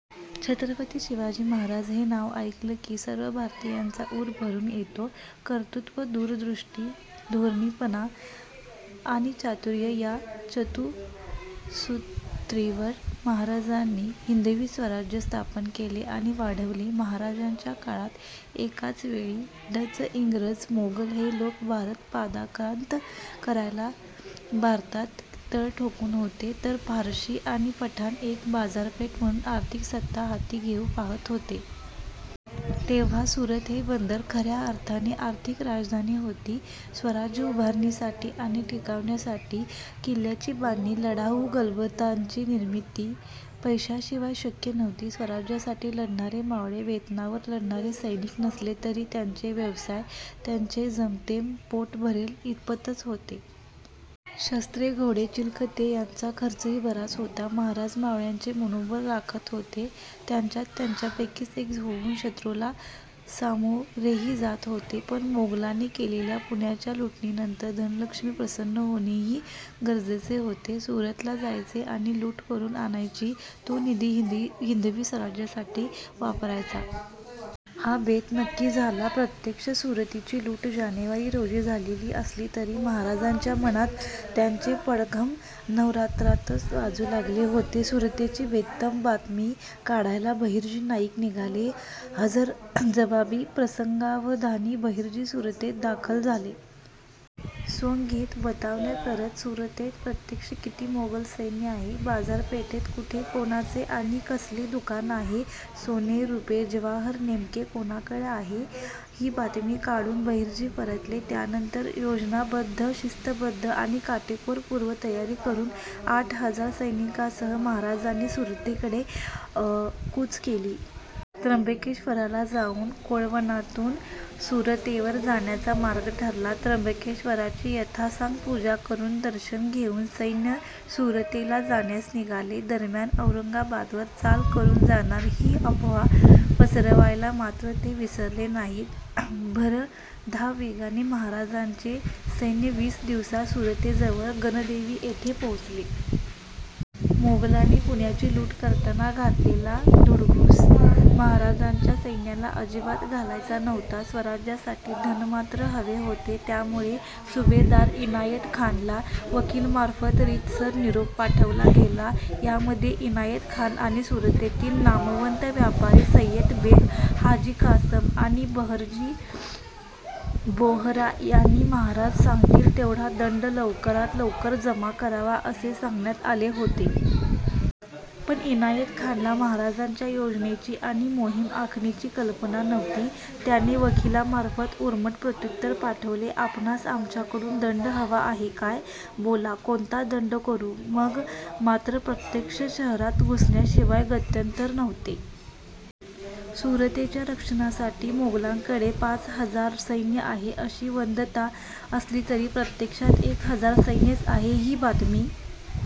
छत्रपती शिवाजी महाराज हे नाव ऐकलं की सर्व भारतीयांचा ऊर भरून येतो. कर्तृत्व, दूरदृष्टी, धोरणीपणा आणि चातुर्य या चतुःसूत्रीवर महाराजांनी हिंदवी स्वराज्य स्थापन केले आणि वाढवले. महाराजांच्या काळात एकाच वेळी डच, इंग्रज, मोगल हे लोक भारत पादाक्रांत करायला भारतात तळ ठोकून होते; तर पारशी आणि पठाण एक बाजारपेठ म्हणून आर्थिक सत्ता हाती घेऊ पाहत होते. तेव्हा सुरत हे बंदर खऱ्या अर्थाने आर्थिक राजधानी होती. स्वराज्य उभारणीसाठी आणि टिकवण्यासाठी किल्ल्यांची बांधणी, लढाऊ गलबतांची निर्मिती पैशांशिवाय शक्य नव्हती. स्वराज्यासाठी लढणारे मावळे वेतनावर लढणारे सैनिक नसले तरी त्यांचे व्यवसाय त्यांचे जेमतेम पोट भरेल इतपतच होते. शस्त्रे, घोडे, चिलखते याचा खर्चही बराच होता. महाराज मावळ्यांचे मनोबल राखत होते. त्यांच्यात त्यांच्यापैकीच एक होऊन शत्रूला सामोरेही जात होते. पण मोगलांनी केलेल्या पुण्याच्या लुटीनंतर धनलक्ष्मी प्रसन्न होणेही गरजेचे होते. 'सुरतला जायचे आणि लूट करून आणायची; तो निधी हिंदवी स्वराज्यासाठी वापरायचा. ' हा बेत नक्की झाला. प्रत्यक्ष सुरतेची लूट जानेवारी रोजी झालेली असली तरी महाराजांच्या मनात त्याचे पडघम नवरात्रातच वाजू लागले होते. सुरतेची बित्तंबातमी काढायला बहिर्जी नाईक निघाले. हजरजबाबी, प्रसंगावधानी बहिर्जी सुरतेत दाखल झाले. सोंग घेत, बतावण्या करत सुरतेत प्रत्यक्ष किती मोगल सैन्य आहे? बाजारपेठेत कुठे कोणाचे आणि कसले दुकान आहे? सोने, रूपे, जवाहर नेमके कोणाकडे आहे? ही बातमी काढून बहिर्जी परतले. यानंतर योजनाबद्ध, शिस्तबद्ध आणि काटेकोर पूर्वतयारी करून आठ हजार सैनिकांसह महाराजांनी सुरतेकडे कूच केले. त्र्यंबकेश्वराला जाऊन कोळवणातून सुरतेवर जाण्याचा मार्ग ठरला. त्र्यंबकेश्वराची यथासांग पूजा करून, दर्शन घेऊन सैन्य सुरतेला जाण्यास निघाले. दरम्यान 'औरंगाबादवर चाल करून जाणार', ही अफवा पसरवायला मात्र ते विसरले नाहीत. भरधाव वेगाने महाराजांचे सैन्य वीस दिवसांत सुरतेजवळ गणदेवी येथे पोहोचले. मोगलांनी पुण्याची लूट करताना घातलेला धुडगूस महाराजांच्या सैन्याला अजिबात घालायचा नव्हता; स्वराज्यासाठी धन मात्र हवे होते. त्यामुळे सुभेदार इनायत खानला वकीलामार्फत रीतसर निरोप पाठवला गेला. यामध्ये इनायत खान आणि सुरतेतील नामवंत व्यापारी सय्यद बेग, हाजी कासम आणि बहरजी बोहरा यांनी महाराज सांगतील तेवढा दंड लवकरात लवकर जमा करावा असे सांगण्यात आले होते. पण इनायत खानला महाराजांच्या योजनेची आणि मोहीम आखणीची कल्पना नव्हती. त्याने वकिलामार्फत उर्मट प्रत्युत्तर पाठवले, "आपणास आमच्याकडून दंड हवा आहे काय? बोला, कोणता दंड करू? " मग मात्र प्रत्यक्ष शहरात घुसण्याशिवाय गत्यंतर नव्हते. सुरतेच्या रक्षणासाठी मोगलांकडे पाच हजार सैन्य आहे अशी वदंता असली तरी प्रत्यक्षात एक हजार सैन्यच आहे ही बातमी